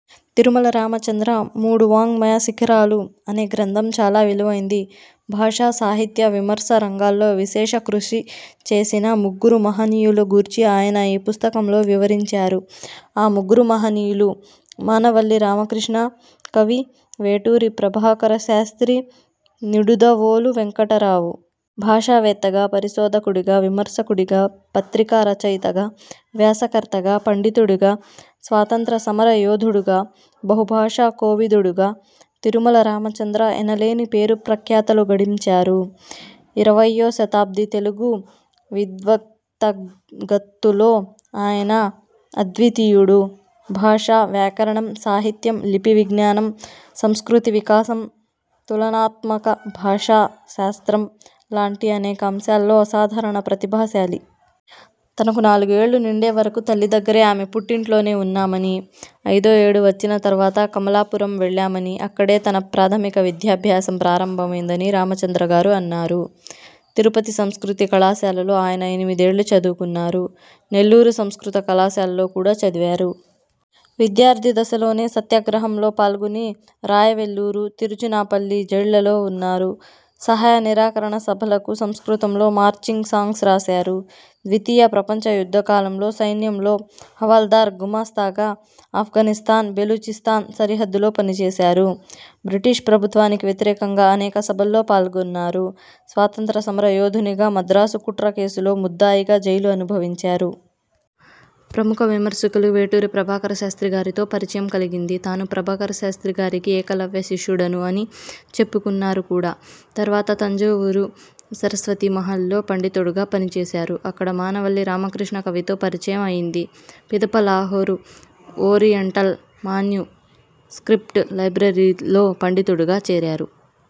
తిరుమల రామచంద్ర 'మూడు వాగ్మాయ శిఖరాలు' అనే గ్రంథం చాలా విలువైంది. భాషా, సాహిత్య విమర్శ రంగాల్లో విశేష కృషి చేసిన ముగ్గురు మహనీయులు గూర్చి ఆయన ఈ పుస్తకంలో వివరించారు. ఆ ముగ్గురు మహనీయులు: మానవల్లి రామకృష్ణ కవి, వేటూరి ప్రభాకర శాస్త్రి, నిడుదవోలు వేంకటరావు. భాషావేత్తగా, పరిశోధకుడిగా, విమర్శకుడుగా, పత్రికా రచయితగా, వ్యాసకర్తగా, పండితుడుగా, స్వాతంత్య్ర సమరయోధుడుగా, బహుభాషా కోవిదుడుగా తిరుమల రామచంద్ర ఎనలేని పేరు ప్రఖ్యాతలు గడించారు. ఇరవయ్యో శతాబ్ది తెలుగు విద్వత్జగత్తులో ఆయన అద్వితీయుడు. భాష, వ్యాకరణం, సాహిత్యం, లిపి విజ్ఞానం, సంస్కృతి వికాసం, తులనాత్మక భాషా శాస్త్రం లాంటి అనేక అంశాల్లో అసాధారణ ప్రతిభాశాలి. తనకు నాలుగేళ్ళు నిండే వరకు తల్లి దగ్గరే ఆమె పుట్టింట్లోనే వున్నామనీ, ఐదో ఏడు వచ్చిన తర్వాత కమలాపురం వెళ్ళామనీ అక్కడే తన ప్రాథమిక విద్యాభ్యాసం ప్రారంభమైందనీ రామచంద్రగారు అన్నారు. తిరుపతి సంస్కృతి కళాశాలలో ఆయన ఎనిమిదేళ్ళు చదువుకున్నారు. నెల్లూరు సంస్కృత కళాశాలలో కూడా చదివారు. విద్యార్థి దశలోనే సత్యాగ్రహంలో పాల్గొని రాయవెల్లూరు, తిరుచినాపల్లి జైళ్ళలో వున్నారు. సహాయ నిరాకరణ సభలకు సంస్కృతంలో 'మార్చింగ్ సాంగ్స్' రాశారు. ద్వితీయ ప్రపంచ యుద్ధకాలంలో సైన్యంలో హవల్దార్ గుమస్తాగా అఫ్ఘానిస్తాన్– బెలూచిస్తాన్ సరిహద్దులో పనిచేశారు. బ్రిటీష్ ప్రభుత్వానికి వ్యతిరేకంగా అనేక సభల్లో పాల్గొన్నారు. స్వాతంత్య్ర సమరయోధునిగా మద్రాసు కుట్ర కేసులో ముద్దాయిగా జైలు అనుభవించారు. ప్రముఖ విమర్శకులు వేటూరి ప్రభాకరశాస్త్రి గారితో పరిచయం కలిగింది. తాను ప్రభాకరశాస్త్రి గారికి ఏకలవ్యశిష్యుడను అని చెప్పుకున్నారు కూడా. తర్వాత తంజావూరు సరస్వతీ మహాలు లో పండితుడుగా పని చేశారు. అక్కడ మానవల్లి రామకృష్ణకవితో పరిచయం అయింది. పిదప లాహోరు ఓరియంటల్ మాన్యు స్క్రిప్ట్ లైబ్రరీలో పండితుడుగా చేరారు.